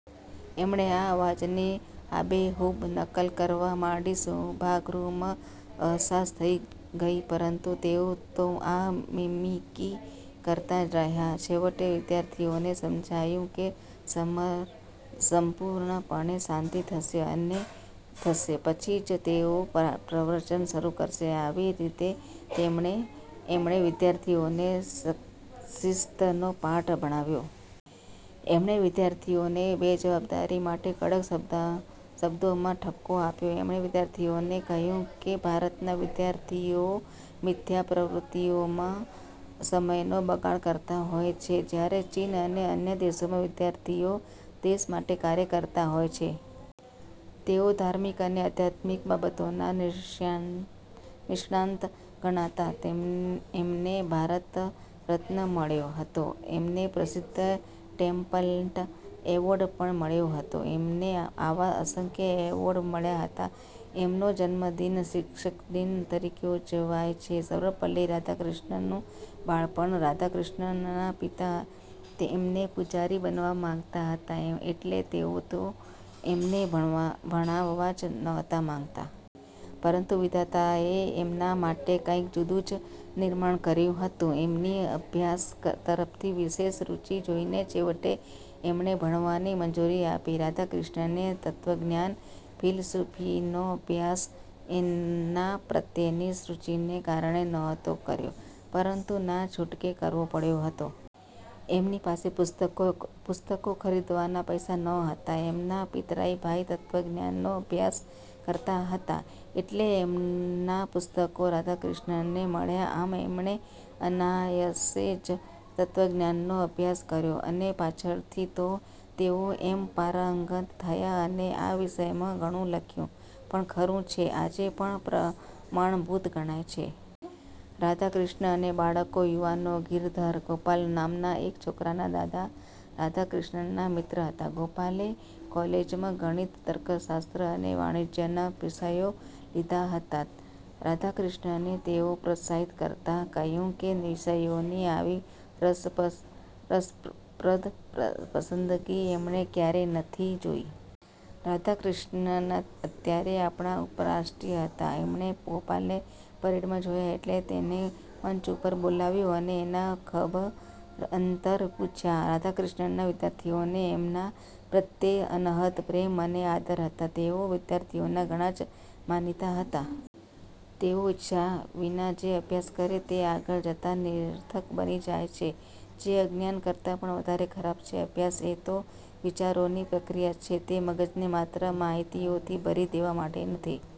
એમણે આ અવાજની આબેહૂબ નકલ કરવા માંડી. સભાગૃહમાં હસાહસ થઇ ગઈ પરંતુ તેઓ તો આ મિમિક્રી કરતા જ રહ્યા. છેવટે વિદ્યાર્થીઓને સમજાયું કે સંપૂર્ણપણે શાંતિ થશે પછી જ તેઓ પ્રવચન શરુ કરશે. આવી રીતે એમણે વિદ્યાર્થીઓને શિસ્તનો પાઠ ભણાવ્યો. એમણે વિદ્યાર્થીઓને બેજવાબદારી માટે કડક શબ્દોમાં ઠપકો આપ્યો. એમણે વિદ્યાર્થીઓને કહ્યું કે ભારતના વિદ્યાર્થીઓ મિથ્યા પ્રવૃત્તિઓમાં સમયનો બગાડ કરતા હોય છે જયારે ચીન અને અન્ય દેશોમાં વિદ્યાર્થીઓ દેશ માટે કાર્ય કરતા હોય છે. તેઓ ધાર્મિક અને આધ્યાત્મિક બાબતોના નિષ્ણાત ગણાતા. એમને ભારતરત્ન મળ્યો હતો. એમને પ્રસિદ્ધ ટેમ્પલ્ટન એવોર્ડ પણ મળ્યો હતો. એમને આવા અસંખ્ય એવોર્ડ મળ્યા હતા. એમનો જન્મદિન શિક્ષકદિન તરીકે ઉજવાય છે. સર્વપલ્લી રાધાક્રિશ્નનનું બાળપણ રાધાક્રિશ્નનના પિતા એમને પૂજારી બનાવવા માંગતા હતા એટલે તેઓ તો એમને ભણાવવા જ નહોતા માંગતા! પરંતુ વિધાતાએ એમના માટે કાંઈક જુદું જ નિર્માણ કર્યું હતું! એમની અભ્યાસ તરફની વિશેષ રુચિ જોઈને છેવટે એમને ભણવાની મંજૂરી આપી. રાધાક્રિશ્નને તત્વજ્ઞાન-ફિલસુફીનો અભ્યાસ એના પ્રત્યેની રુચિને કારણે નહોતો કર્યો પરંતુ ના છૂટકે કરવો પડયો હતો. એમની પાસે પુસ્તકો ખરીદવાના પૈસા નહોતા. એમના પિતરાઈ ભાઈ તત્વજ્ઞાનનો અભ્યાસ કરતા હતા એટલે એમના પુસ્તકો રાધાક્રિશ્નનને મળ્યા. આમ એમણે અનાયાસે જ તત્વજ્ઞાનનો અભ્યાસ કર્યો અને પાછળથી તો તેઓ એમાં પારંગત થયા અને આ વિષયમાં ઘણું લખ્યું પણ ખરું જે આજે પણ પ્રમાણભૂત ગણાય છે. રાધાક્રિશ્નન અને બાળકો / યુવાનો ગિરિધર ગોપાલ નામના એક છોકરાના દાદા રાધાક્રિશ્નનના મિત્ર હતા. ગોપાલે કોલેજમાં ગણિત, તર્કશાસ્ત્ર અને વાણિજ્યના વિષયો લીધા હતા. રાધાક્રિશ્નને તેને પ્રોત્સાહિત કરતાં કહ્યું કે વિષયોની આવી રસપ્રદ પસંદગી એમણે ક્યારેય નથી જોઈ. રાધાક્રિશ્નન ત્યારે આપણા ઉપરાષ્ટ્રપતિ હતા. એમણે ગોપાલને પરેડમાં જોયો એટલે તેને મંચ ઉપર બોલાવ્યો અને એના ખબરઅંતર પૂછ્યા. રાધાક્રિશ્નનના વિદ્યાર્થીઓને એમના પ્રત્યે અનહદ પ્રેમ અને આદર હતા. તેઓ વિદ્યાર્થીઓના ઘણા જ માનીતા હતા. તેઓ ઈચ્છા વિના જે અભ્યાસ કરે તે આગળ જતાં નિરર્થક બની જાય છે જે અજ્ઞાન કરતાં પણ વધારે ખરાબ છે. અભ્યાસ એ તો વિચારોની પ્રક્રિયા છે. તે મગજને માત્ર માહિતીઓથી ભરી દેવા માટે નથી.